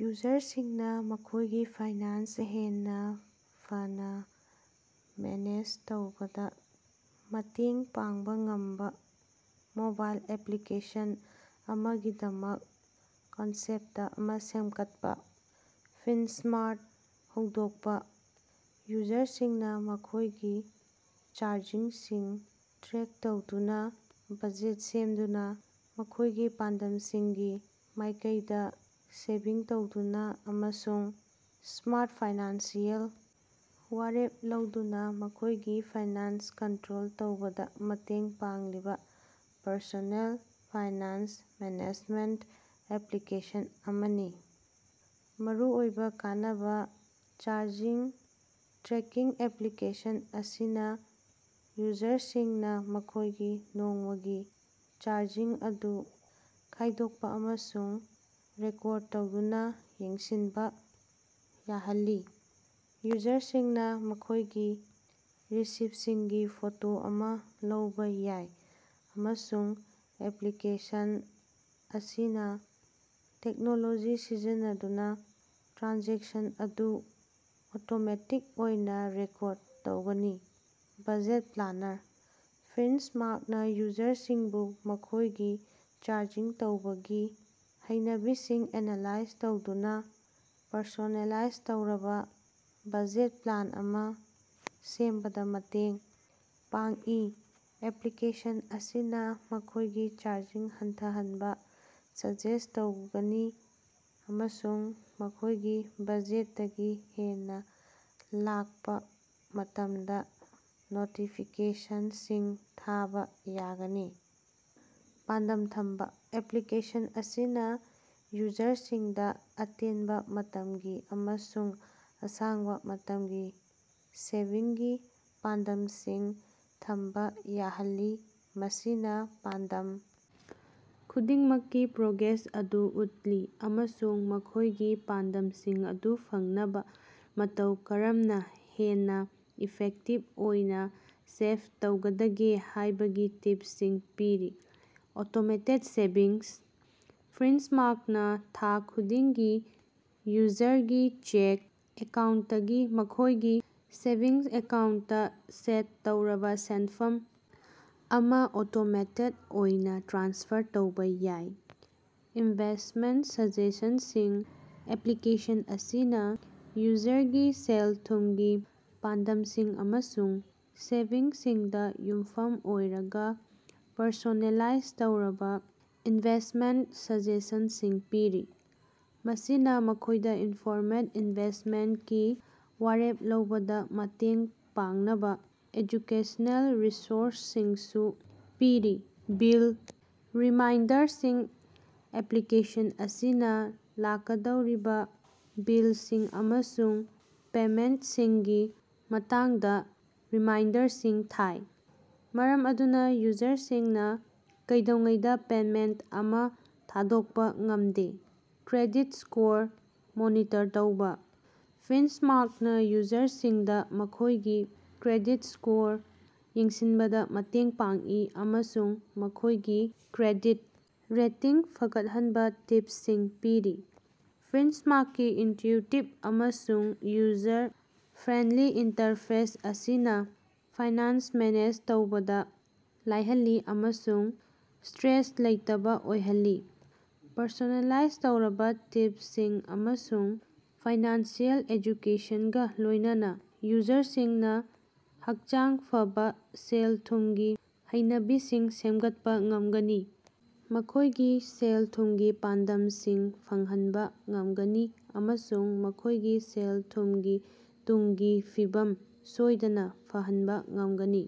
ꯌꯨꯖꯔꯁꯤꯡꯅꯥ ꯃꯈꯣꯏꯒꯤ ꯐꯥꯏꯅꯥꯟꯁ ꯍꯦꯟꯅꯥ ꯐꯅꯥ ꯃꯦꯅꯦꯖ ꯇꯧꯕꯗꯥ ꯃꯇꯦꯡ ꯄꯥꯡꯕꯥ ꯉꯝꯕꯥ ꯃꯣꯕꯥꯏꯜ ꯑꯦꯄ꯭ꯂꯤꯀꯦꯁꯟ ꯑꯃꯒꯤꯗꯃꯛ ꯀꯟꯁꯦꯞꯇ ꯑꯃꯥ ꯁꯦꯃꯒꯠꯄꯥ꯫ "ꯐꯤꯟꯁ꯭ꯃꯥꯔꯠ" ꯍꯧꯗꯣꯀꯄꯥ: ꯌꯨꯖꯔꯁꯤꯡꯅꯥ ꯃꯈꯣꯏꯒꯤ ꯆꯥꯔꯖꯤꯡꯁꯤꯡ ꯇ꯭ꯔꯦꯛ ꯇꯧꯗꯨꯅꯥ, ꯕꯖꯦꯠ ꯁꯦꯝꯗꯨꯅꯥ, ꯃꯈꯣꯢꯒꯤ ꯄꯥꯟꯗꯝꯁꯤꯡꯒꯤ ꯃꯥꯢꯀꯩꯗꯥ ꯁꯦꯚꯤꯡ ꯇꯧꯗꯨꯅꯥ ꯑꯃꯁꯨꯡ ꯁ꯭ꯃꯥꯔꯠ ꯐꯥꯏꯅꯥꯟꯁꯤꯑꯦꯜ ꯋꯥꯔꯦꯞ ꯂꯧꯗꯨꯅꯥ ꯃꯈꯣꯢꯒꯤ ꯐꯥꯏꯅꯥꯟꯁ ꯀꯟꯇ꯭ꯔꯣꯜ ꯇꯧꯕꯗꯥ ꯃꯇꯦꯡ ꯄꯥꯡꯂꯤꯕꯥ ꯄꯔꯁꯣꯅꯦꯜ ꯐꯥꯏꯅꯥꯟꯁ ꯃꯦꯅꯦꯖꯃꯦꯟꯇ ꯑꯦꯄ꯭ꯂꯤꯀꯦꯁꯟ ꯑꯃꯅꯤ꯫ ꯃꯔꯨꯑꯣꯏꯕꯥ ꯀꯥꯟꯅꯕ: ꯆꯥꯔꯖꯤꯡ ꯇ꯭ꯔꯦꯀꯤꯡ- ꯑꯦꯄ꯭ꯂꯥꯀꯦꯁꯟ ꯑꯁꯤꯅꯥ ꯌꯨꯖꯔꯁꯤꯡꯅꯥ ꯃꯈꯣꯏꯒꯤ ꯅꯣꯡꯃꯒꯤ ꯆꯥꯔꯖꯤꯡ ꯑꯗꯨ ꯈꯥꯢꯗꯣꯛꯄ ꯑꯃꯁꯨꯡ ꯔꯦꯀꯣꯔꯗ ꯇꯧꯗꯨꯅꯥ ꯌꯦꯡꯁꯤꯟꯕꯥ ꯌꯥꯍꯜꯂꯤ꯫ ꯌꯨꯖꯔꯁꯤꯡꯅꯥ ꯃꯈꯣꯢꯒꯤ ꯔꯤꯁꯤꯞꯁꯤꯡꯒꯤ ꯐꯣꯇꯣ ꯑꯃꯥ ꯂꯧꯕꯥ ꯌꯥꯏ, ꯑꯃꯁꯨꯡ ꯑꯦꯄ꯭ꯂꯤꯀꯦꯁꯟ ꯑꯁꯤꯅꯥ ꯇꯦꯛꯅꯣꯂꯣꯖꯤ ꯁꯤꯖꯤꯟꯅꯗꯨꯅꯥ ꯇ꯭ꯔꯥꯟꯖꯦꯛꯁꯟ ꯑꯗꯨ ꯑꯣꯇꯣꯃꯦꯇꯤꯛ ꯑꯣꯏꯅꯥ ꯔꯦꯀꯣꯔꯗ ꯇꯧꯒꯅꯤ꯫ ꯕꯖꯦꯠ ꯄ꯭ꯂꯥꯅꯔ- ꯐꯤꯟꯁ꯭ꯃꯥꯔꯇꯅꯥ ꯌꯨꯖꯔꯁꯤꯡꯕꯨ ꯃꯈꯣꯢꯒꯤ ꯆꯥꯔꯖꯤꯡ ꯇꯧꯕꯒꯤ ꯍꯩꯅꯕꯤꯁꯤꯡ ꯑꯦꯅꯥꯂꯥꯏꯖ ꯇꯧꯗꯨꯅꯥ ꯄꯔꯁꯣꯅꯦꯂꯥꯏꯖ ꯇꯧꯔꯕꯥ ꯕꯖꯦꯠ ꯄ꯭ꯂꯥꯟ ꯑꯃꯥ ꯁꯦꯝꯕꯗꯥ ꯃꯇꯦꯡ ꯄꯥꯡꯏ꯫ ꯑꯦꯄ꯭ꯂꯤꯀꯦꯁꯟ ꯑꯁꯤꯅꯥ ꯃꯈꯣꯢꯒꯤ ꯆꯥꯔꯖꯤꯡ ꯍꯟꯊꯍꯟꯕꯥ ꯁꯖꯦꯁ꯭ꯠ ꯇꯧꯒꯅꯤ ꯑꯃꯁꯨꯡ ꯃꯈꯣꯢꯒꯤ ꯕꯖꯦꯠꯇꯒꯤ ꯍꯦꯟꯅꯥ ꯂꯥꯛꯄꯥ ꯃꯇꯝꯗꯥ ꯅꯣꯇꯤꯐꯤꯀꯦꯁꯟꯁꯤꯡ ꯊꯥꯕꯥ ꯌꯥꯒꯅꯤ꯫ ꯄꯥꯟꯗꯝ ꯊꯝꯕꯥ- ꯑꯦꯄ꯭ꯂꯤꯀꯦꯁꯟ ꯑꯁꯤꯅꯥ ꯌꯨꯖꯔꯁꯤꯡꯗꯥ ꯑꯇꯦꯟꯕꯥ ꯃꯇꯝꯒꯤ ꯑꯃꯁꯨꯡ ꯑꯁꯥꯡꯕꯥ ꯃꯇꯝꯒꯤ ꯁꯦꯚꯤꯡꯒꯤ ꯄꯥꯟꯗꯝꯁꯤꯡ ꯊꯝꯕꯥ ꯌꯥꯍꯜꯂꯤ꯫ ꯃꯁꯤꯅꯥ ꯄꯥꯟꯗꯝ ꯈꯨꯗꯤꯡꯃꯛꯀꯤ ꯄ꯭ꯔꯣꯒ꯭ꯔꯦꯁ ꯑꯗꯨ ꯎꯠꯂꯤ ꯑꯃꯁꯨꯡ ꯃꯈꯣꯢꯒꯤ ꯄꯥꯟꯗꯝꯁꯤꯡ ꯑꯗꯨ ꯐꯪꯅꯕꯥ ꯃꯇꯧ ꯀꯔꯝꯅꯥ ꯍꯦꯟꯅꯥ ꯏꯐꯦꯛꯇꯤꯚ ꯑꯣꯏꯅꯥ ꯁꯦꯚ ꯇꯧꯒꯗꯒꯦ ꯍꯥꯢꯕꯒꯤ ꯇꯤꯞꯁꯤꯡ ꯄꯤꯔꯤ꯫ ꯑꯣꯇꯣꯃꯦꯇꯦꯗ ꯁꯦꯚꯤꯡꯁ- ꯐꯤꯟꯁ꯭ꯃꯥꯔꯇꯅꯥ ꯊꯥ ꯈꯨꯗꯤꯡꯒꯤ ꯌꯨꯖꯔꯒꯤ ꯆꯦꯛ ꯑꯦꯀꯥꯎꯟꯇꯇꯒꯤ ꯃꯈꯣꯢꯒꯤ ꯁꯦꯚꯤꯡꯁ ꯑꯦꯀꯥꯎꯟꯇꯇꯥ ꯁꯦꯠ ꯇꯧꯔꯕꯥ ꯁꯦꯟꯐꯝ ꯑꯃꯥ ꯑꯣꯇꯣꯃꯦꯇꯦꯗ ꯑꯣꯏꯅꯥ ꯇ꯭ꯔꯥꯟꯁꯐꯔ ꯇꯧꯕꯥ ꯌꯥꯏ꯫ ꯏꯟꯚꯦꯁ꯭ꯇꯃꯦꯟꯇ ꯁꯖꯦꯁꯟꯁꯤꯡ- ꯑꯦꯄ꯭ꯂꯤꯀꯦꯁꯟ ꯑꯁꯤꯅꯥ ꯌꯨꯖꯔꯒꯤꯁꯦꯜ-ꯊꯨꯝꯒꯤ ꯄꯥꯟꯗꯝꯁꯤꯡ ꯑꯃꯁꯨꯡ ꯁꯦꯚꯤꯡꯁꯤꯡꯗꯥ ꯌꯨꯝꯐꯨꯝ ꯑꯣꯏꯔꯒꯥ ꯄꯔꯁꯣꯅꯦꯂꯥꯢꯖ ꯇꯧꯔꯕꯥ ꯏꯟꯚꯦꯁ꯭ꯇꯃꯦꯟꯇ ꯁꯖꯦꯁꯟꯁꯤꯡ ꯄꯤꯔꯤ꯫ ꯃꯁꯤꯅꯥ ꯃꯈꯣꯢꯗꯥ ꯏꯟꯐꯣꯔꯃꯦꯗ ꯏꯟꯚꯦꯁ꯭ꯇꯃꯦꯟꯇꯀꯤ ꯋꯥꯔꯦꯞ ꯂꯧꯕꯗꯥ ꯃꯇꯦꯡ ꯄꯥꯡꯅꯕꯥ ꯑꯦꯖꯨꯀꯦꯁꯅꯦꯜ ꯔꯤꯁꯣꯔꯁꯁꯤꯡꯁꯨ ꯄꯤꯔꯤ꯫ ꯕꯤꯜ ꯔꯤꯃꯥꯏꯟꯗꯔꯁꯤꯡ- ꯑꯦꯄ꯭ꯂꯤꯀꯦꯁꯟ ꯑꯁꯤꯅꯥ ꯂꯥꯛꯀꯗꯧꯔꯤꯕꯥ ꯕꯤꯜꯁꯤꯡ ꯑꯃꯁꯨꯡ ꯄꯦꯃꯦꯟꯇꯁꯤꯡꯒꯤ ꯃꯇꯥꯡꯗꯥ ꯔꯤꯃꯥꯏꯟꯗꯔꯁꯤꯡ ꯊꯥꯏ, ꯃꯔꯝ ꯑꯗꯨꯅꯥ ꯌꯨꯖꯔꯁꯤꯡꯅꯥ ꯀꯩꯗꯧꯉꯩꯗꯥ ꯄꯦꯃꯦꯟꯇ ꯑꯃꯥ ꯊꯥꯗꯣꯛꯄꯥ ꯉꯝꯗꯦ꯫ ꯀ꯭ꯔꯦꯗꯤꯠ ꯁ꯭ꯀꯣꯔ ꯃꯣꯅꯤꯇꯔ ꯇꯧꯕꯥ- ꯐꯤꯟꯁ꯭ꯃꯥꯔꯇꯅꯥ ꯌꯨꯖꯔꯁꯤꯡꯗꯥ ꯃꯈꯣꯢꯒꯤ ꯀ꯭ꯔꯦꯗꯤꯠ ꯁ꯭ꯀꯣꯔ ꯌꯦꯡꯁꯤꯟꯕꯗꯥ ꯃꯇꯦꯡ ꯄꯥꯡꯏ ꯑꯃꯁꯨꯡ ꯃꯈꯣꯢꯒꯤ ꯀ꯭ꯔꯦꯗꯤꯠ ꯔꯦꯇꯤꯡ ꯐꯒꯠꯍꯟꯅꯕꯥ ꯇꯤꯞꯁꯤꯡ ꯄꯤꯔꯤ꯫ ꯐꯤꯟꯁ꯭ꯃꯥꯔꯇꯀꯤ ꯏꯟꯇ꯭ꯌꯨꯇꯤꯕ ꯑꯃꯁꯨꯡ ꯌꯨꯖꯔ ꯐ꯭ꯔꯦꯟꯗꯂꯤ ꯏꯟꯇꯔꯐꯦꯁ ꯑꯁꯤꯅꯥ ꯐꯥꯏꯅꯥꯟꯁ ꯃꯦꯅꯦꯖ ꯇꯧꯕꯗꯥ ꯂꯥꯏꯍꯜꯂꯤ ꯑꯃꯁꯨꯡ ꯁꯇ꯭ꯔꯦꯁ ꯂꯩꯇꯕꯥ ꯑꯣꯏꯍꯜꯂꯤ꯫ ꯄꯔꯁꯣꯅꯦꯂꯥꯏꯖ ꯇꯧꯔꯕꯥ ꯇꯤꯞꯁꯤꯡ ꯑꯃꯁꯨꯡ ꯐꯥꯏꯅꯥꯟꯁꯤꯑꯦꯜ ꯑꯦꯖꯨꯀꯦꯁꯟꯒꯥ ꯂꯣꯢꯅꯅꯥ ꯌꯨꯖꯔꯁꯤꯡꯅꯥ ꯍꯛꯆꯥꯡ ꯐꯕꯥ ꯁꯦꯜ-ꯊꯨꯝꯒꯤ ꯍꯩꯅꯕꯤꯁꯤꯡ ꯁꯦꯃꯒꯠꯄꯥ ꯉꯝꯒꯅꯤ, ꯃꯈꯣꯢꯒꯤ ꯁꯦꯜ-ꯊꯨꯝꯒꯤ ꯄꯥꯟꯗꯝꯁꯤꯡ ꯐꯪꯍꯟꯕꯥ ꯉꯝꯒꯅꯤ ꯑꯃꯁꯨꯡ ꯃꯈꯣꯢꯒꯤ ꯁꯦꯜ-ꯊꯨꯝꯒꯤ ꯇꯨꯡꯒꯤ ꯐꯤꯕꯝ ꯁꯣꯢꯗꯅꯥ ꯐꯍꯟꯕ ꯉꯝꯒꯅꯤ꯫